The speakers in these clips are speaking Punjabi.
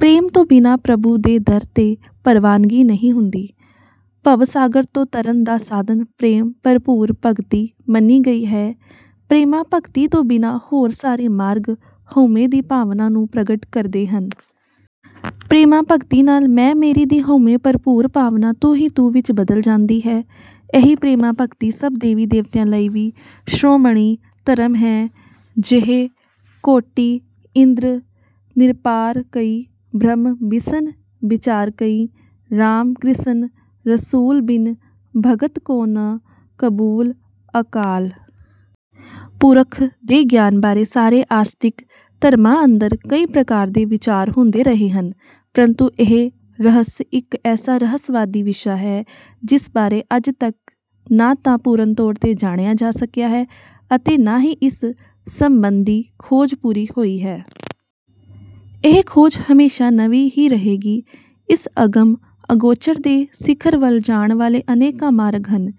ਪ੍ਰੇਮ ਤੋਂ ਬਿਨਾਂ ਪ੍ਰਭੂ ਦੇ ਦਰ ’ਤੇ ਪ੍ਰਵਾਨਗੀ ਨਹੀਂ ਹੁੰਦੀ। ਭਵਸਾਗਰ ਤੋਂ ਤਰਨ ਦਾ ਸਾਧਨ ਪ੍ਰੇਮ-ਭਰਪੂਰ ਭਗਤੀ ਮੰਨੀ ਗਈ ਹੈ। ਪ੍ਰੇਮਾ-ਭਗਤੀ ਤੋਂ ਬਿਨਾਂ ਹੋਰ ਸਾਰੇ ਮਾਰਗ ਹਉਮੈ ਦੀ ਭਾਵਨਾ ਨੂੰ ਪ੍ਰਗਟ ਕਰਦੇ ਹਨ। ਪ੍ਰੇਮਾ-ਭਗਤੀ ਨਾਲ “ਮੈਂ-ਮੇਰੀ” ਦੀ ਹਉਮੈ-ਭਰਪੂਰ ਭਾਵਨਾ “ਤੂੰ ਹੀ ਤੂੰ” ਵਿੱਚ ਬਦਲ ਜਾਂਦੀ ਹੈ। ਇਹੀ ਪ੍ਰੇਮਾ-ਭਗਤੀ ਸਭ ਦੇਵੀ-ਦੇਵਤਿਆਂ ਲਈ ਵੀ ਸ਼੍ਰੋਮਣੀ ਧਰਮ ਹੈ ਜਿਹ ਕੋਟਿ ਇੰਦ੍ਰ ਨ੍ਰਿਪਾਰਕਈ ਬ੍ਰਹਮ ਬਿਸਨ ਬਿਚਾਰਕਈ। ਰਾਮ ਕ੍ਰਿਸਨ ਰਸੂਲ ਬਿਨੁ ਭਗਤ ਕੋ ਨ ਕਬੂਲ॥ ਅਕਾਲ ਪੁਰਖ ਦੇ ਗਿਆਨ ਬਾਰੇ ਸਾਰੇ ਆਸਤਿਕ ਧਰਮਾਂ ਅੰਦਰ ਕਈ ਪ੍ਰਕਾਰ ਦੇ ਵਿਚਾਰ ਹੁੰਦੇ ਰਹੇ ਹਨ। ਪਰੰਤੂ ਇਹ ਰਹੱਸ ਇੱਕ ਐਸਾ ਰਹੱਸਵਾਦੀ ਵਿਸ਼ਾ ਹੈ, ਜਿਸ ਬਾਰੇ ਅੱਜ ਤੱਕ ਨਾ ਤਾਂ ਪੂਰਨ ਤੌਰ ’ਤੇ ਜਾਣਿਆ ਜਾ ਸਕਿਆ ਹੈ ਅਤੇ ਨਾ ਹੀ ਇਸ ਸੰਬੰਧੀ ਖੋਜ ਪੂਰੀ ਹੋਈ ਹੈ। ਇਹ ਖੋਜ ਹਮੇਸ਼ਾ ਨਵੀਂ ਹੀ ਰਹੇਗੀ। ਇਸ ਅਗਮ-ਅਗੋਚਰ ਦੇ ਸਿਖਰ ਵੱਲ ਜਾਣ ਵਾਲੇ ਅਨੇਕਾਂ ਮਾਰਗ ਹਨ।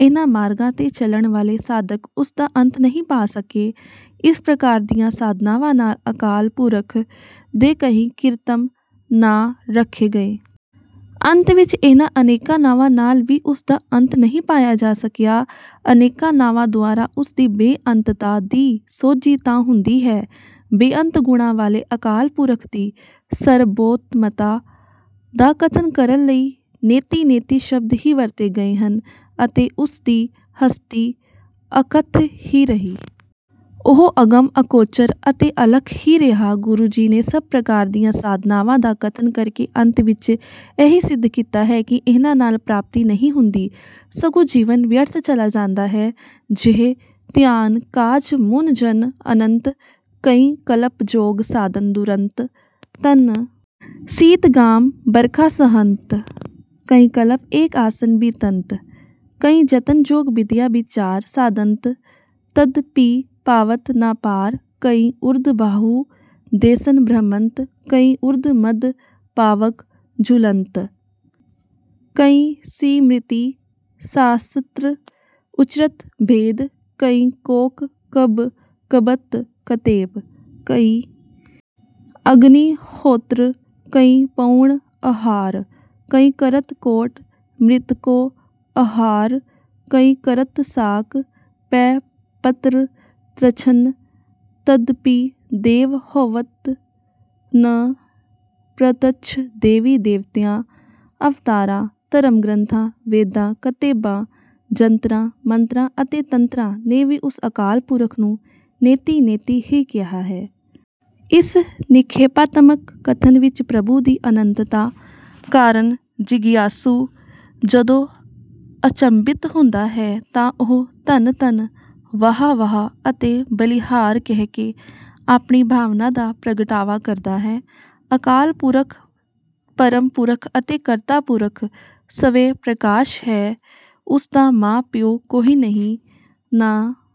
ਇਨ੍ਹਾਂ ਮਾਰਗਾਂ ’ਤੇ ਚੱਲਣ ਵਾਲੇ ਸਾਧਕ ਉਸ ਦਾ ਅੰਤ ਨਹੀਂ ਪਾ ਸਕੇ। ਇਸ ਪ੍ਰਕਾਰ ਦੀਆਂ ਸਾਧਨਾਵਾਂ ਨਾਲ ਅਕਾਲ ਪੁਰਖ ਦੇ ਕਈ ਕਿਰਤਮ ਨਾਂ ਰੱਖੇ ਗਏ। ਅੰਤ ਵਿੱਚ ਇਨ੍ਹਾਂ ਅਨੇਕਾਂ ਨਾਵਾਂ ਨਾਲ ਵੀ ਉਸ ਦਾ ਅੰਤ ਨਹੀਂ ਪਾਇਆ ਜਾ ਸਕਿਆ। ਅਨੇਕਾਂ ਨਾਵਾਂ ਦੁਆਰਾ ਉਸ ਦੀ ਬੇਅੰਤਤਾ ਦੀ ਸੋਝੀ ਤਾਂ ਹੁੰਦੀ ਹੈ। ਬੇਅੰਤ ਗੁਣਾਂ ਵਾਲੇ ਅਕਾਲ ਪੁਰਖ ਦੀ ਸਰਬੋਤਮਤਾ ਦਾ ਕਥਨ ਕਰਨ ਲਈ “ਨੇਤਿ-ਨੇਤਿ” ਸ਼ਬਦ ਹੀ ਵਰਤੇ ਗਏ ਹਨ ਅਤੇ ਉਸ ਦੀ ਹਸਤੀ ਅਕੱਥ ਹੀ ਰਹੀ। ਉਹ ਅਗਮ, ਅਗੋਚਰ ਅਤੇ ਅਲੱਖ ਹੀ ਰਿਹਾ। ਗੁਰੂ ਜੀ ਨੇ ਸਭ ਪ੍ਰਕਾਰ ਦੀਆਂ ਸਾਧਨਾਵਾਂ ਦਾ ਕਥਨ ਕਰਕੇ ਅੰਤ ਵਿੱਚ ਇਹੀ ਸਿੱਧ ਕੀਤਾ ਹੈ ਕਿ ਇਨ੍ਹਾਂ ਨਾਲ ਪ੍ਰਾਪਤੀ ਨਹੀਂ ਹੁੰਦੀ, ਸਗੋਂ ਜੀਵਨ ਵਿਅਰਥ ਚਲਾ ਜਾਂਦਾ ਹੈ ਜਿਹ ਧਿਆਨ ਕਾਜ ਮੁਨਿ ਜਨ ਅਨੰਤ, ਕਈ ਕਲਪ ਜੋਗ ਸਾਧਤ ਦੁਰੰਤ। ਤਨ ਸੀਤ ਘਾਮ ਬਰਖਾ ਸਹੰਤ। ਕਈ ਕਲਪ ਏਕ ਆਸਨ ਬਿਤੰਤ। ਕਈ ਜਤਨ ਜੋਗ ਬਿਦਿਆ ਬਿਚਾਰ। ਸਾਧੰਤ ਤਦਪਿ ਪਾਵਤ ਨ ਪਾਰ। ਕਈ ਊਰਧ ਬਾਹੁ, ਦੇਸਨ ਭ੍ਰਮੰਤ। ਕਈ ਊਰਧ ਮਧ ਪਾਵਕ ਝੁਲੰਤ। ਕਈ ਸਿਮ੍ਰਿਤਿ ਸਾਸਤ੍ਰ ਉਚਰਤ ਬੇਦ। ਕਈ ਕੋਕ ਕਬਿ ਕੱਬਤ ਕਤੇਬ। ਕਈ ਅਗਨਿ ਹੋਤ੍ਰ, ਕਈ ਪਉਣ-ਅਹਾਰ। ਕਈ ਕਰਤ ਕੋਟਿ ਮ੍ਰਿਤਕੋ ਅਹਾਰ। ਕਈ ਕਰਤ ਸਾਕ, ਪੈ ਪੱਤ੍ਰ ਭੱਛਨ। ਤਦਪਿ ਦੇਵ ਹੋਵਤ ਨ ਪ੍ਰਤੱਛ ਦੇਵੀ-ਦੇਵਤਿਆਂ, ਅਵਤਾਰਾਂ, ਧਰਮ-ਗ੍ਰੰਥਾਂ, ਵੇਦਾਂ, ਕਤੇਬਾਂ, ਜੰਤਰਾਂ, ਮੰਤਰਾਂ ਅਤੇ ਤੰਤਰਾਂ ਨੇ ਵੀ ਉਸ ਅਕਾਲ ਪੁਰਖ ਨੂੰ “ਨੇਤਿ-ਨੇਤਿ” ਹੀ ਕਿਹਾ ਹੈ। ਇਸ ਨਿਖੇਧਾਤਮਕ ਕਥਨ ਵਿੱਚ ਪ੍ਰਭੂ ਦੀ ਅਨੰਤਤਾ ਕਾਰਨ ਜਿਗਿਆਸੂ ਜਦੋਂ ਅਚੰਭਿਤ ਹੁੰਦਾ ਹੈ, ਤਾਂ ਉਹ “ਧੰਨ-ਧੰਨ”, “ਵਾਹ-ਵਾਹ” ਅਤੇ “ਬਲਿਹਾਰ” ਕਹਿ ਕੇ ਆਪਣੀ ਭਾਵਨਾ ਦਾ ਪ੍ਰਗਟਾਵਾ ਕਰਦਾ ਹੈ। ਅਕਾਲ ਪੁਰਖ, ਪਰਮ ਪੁਰਖ ਅਤੇ ਕਰਤਾ ਪੁਰਖ ਸਵੈ-ਪ੍ਰਕਾਸ਼ ਹੈ। ਉਸ ਦਾ ਮਾਂ-ਪਿਉ ਕੋਈ ਨਹੀਂ, ਨਾ…